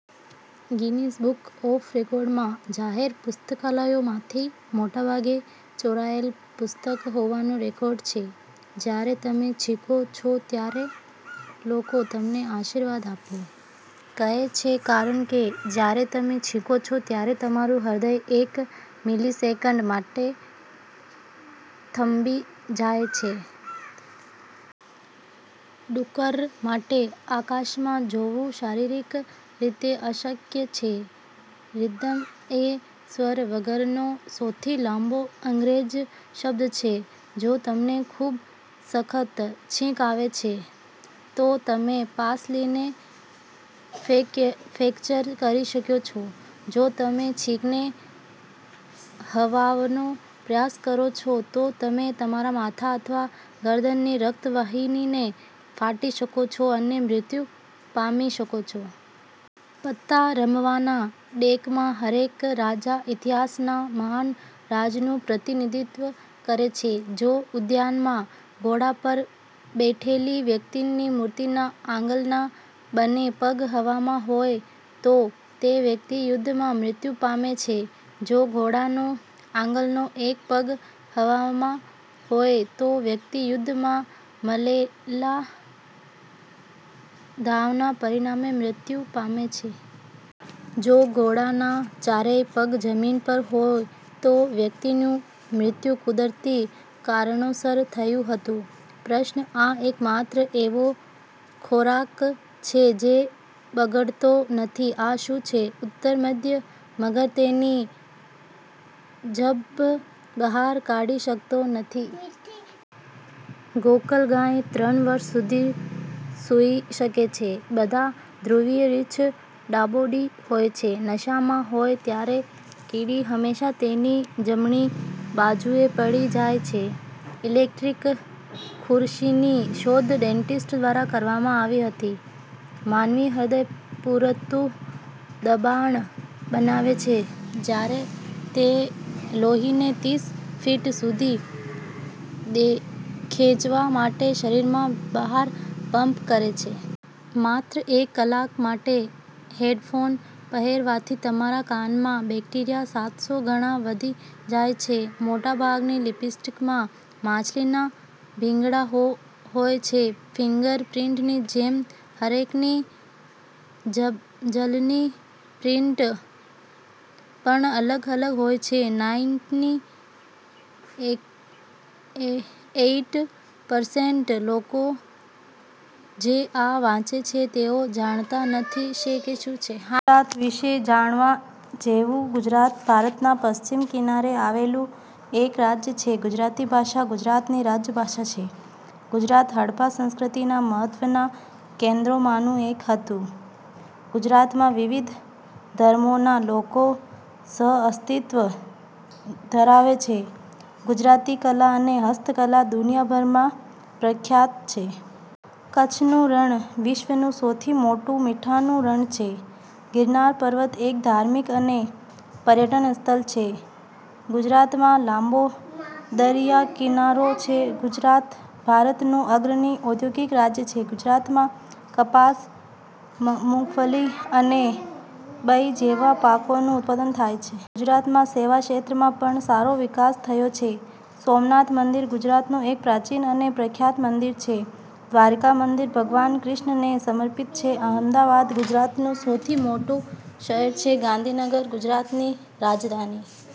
Guinness book of રેકોર્ડમાં જાહેર પુસ્તકાલયોમાંથી મોટાભાગે ચોરાયેલ પુસ્તક હોવાનો રેકોર્ડ છે. જ્યારે તમે છીંકો છો ત્યારે લોકો "તમને આશીર્વાદ આપો" કહે છે કારણ કે જ્યારે તમે છીંકો છો, ત્યારે તમારું હૃદય એક મિલિસેકન્ડ માટે થંભી જાય છે. ડુક્કર માટે આકાશમાં જોવું શારીરિક રીતે અશક્ય છે "રિધમ" એ સ્વર વગરનો સૌથી લાંબો અંગ્રેજી શબ્દ છે. જો તમને ખૂબ સખત છીંક આવે છે, તો તમે પાંસળીને ફ્રેક્ચર કરી શકો છો. જો તમે છીંકને દબાવવાનો પ્રયાસ કરો છો, તો તમે તમારા માથા અથવા ગરદનની રક્તવાહિનીને ફાટી શકો છો અને મૃત્યુ પામી શકો છો. પત્તા રમવાના ડેકમાં દરેક રાજા ઇતિહાસના મહાન રાજાનું પ્રતિનિધિત્વ કરે છે. જો ઉદ્યાનમાં ઘોડા પર બેઠેલી વ્યક્તિની મૂર્તિના આગળના બંને પગ હવામાં હોય, તો તે વ્યક્તિ યુદ્ધમાં મૃત્યુ પામે છે. જો ઘોડાનો આગળનો એક પગ હવામાં હોય, તો વ્યક્તિ યુદ્ધમાં મળેલા ઘાવના પરિણામે મૃત્યુ પામે છે. જો ઘોડાના ચારેય પગ જમીન પર હોય, તો વ્યક્તિનું મૃત્યુ કુદરતી કારણોસર થયું હતું. પ્રશ્ન – આ એકમાત્ર એવો ખોરાક છે જે બગડતો નથી. આ શું છે? ઉત્તર– મધ. મગર તેની જીભ બહાર કાઢી શકતો નથી. ગોકળગાય ત્રણ વર્ષ સુધી સૂઈ શકે છે. બધા ધ્રુવીય રીંછ ડાબોડી હોય છે. નશામાં હોય ત્યારે કીડી હંમેશા તેની જમણી બાજુએ પડી જાય છે. ઇલેક્ટ્રિક ખુરશીની શોધ ડેન્ટિસ્ટ દ્વારા કરવામાં આવી હતી. માનવીય હૃદય પૂરતું દબાણ બનાવે છે, જ્યારે તે લોહીને તીસ ફીટ સુધી ખેંચવા માટે શરીરમાં બહાર પંપ કરે છે। માત્ર એક કલાક માટે હેડફોન પહેરવાથી તમારા કાનમાં બેક્ટેરિયા સાતસો ગણા વધી જાય છે. મોટાભાગની લિપસ્ટિકમાં માછલીના ભીંગડા હો હોય છે. ફિંગર પ્રિન્ટની જેમ હરેકની જબ જલની પ્રિન્ટ પણ અલગ અલગ હોય છે. નાઇટની એઇટ પરસેન્ટ લોકો જે આ વાંચે છે, તેઓ જાણતા નથી કે શું છે. ગુજરાત વિશે જાણવા જેવું. ગુજરાત ભારતના પશ્ચિમ કિનારે આવેલું એક રાજ્ય છે. ગુજરાતી ભાષા ગુજરાતની રાજ્ય ભાષા છે. ગુજરાત હડપ્પા સંસ્કૃતિના મહત્વના કેન્દ્રોમાંનું એક હતું. ગુજરાતમાં વિવિધ ધર્મોના લોકો સહઅસ્તિત્વ ધરાવે છે. ગુજરાતી કલા અને હસ્તકલા દુનિયાભરમાં પ્રખ્યાત છે. કચ્છનું રણ વિશ્વનું સૌથી મોટું મીઠાનું રણ છે. ગીરનાર પર્વત એક ધાર્મિક અને પર્યટન સ્થળ છે. ગુજરાતમાં લાંબો દરિયાકિનારો છે. ગુજરાત ભારતનું અગ્રણી ઔદ્યોગિક રાજ્ય છે. ગુજરાતમાં કપાસ, મગફળી અને ઘઉં જેવા પાકોનું ઉત્પાદન થાય છે. ગુજરાતમાં સેવા ક્ષેત્રમાં પણ સારો વિકાસ થયો છે. સોમનાથ મંદિર ગુજરાતનું એક પ્રાચીન અને પ્રખ્યાત મંદિર છે. દ્વારકા મંદિર ભગવાન કૃષ્ણને સમર્પિત છે. અમદાવાદ ગુજરાતનું સૌથી મોટું શહેર છે. ગાંધીનગર ગુજરાતની રાજધાની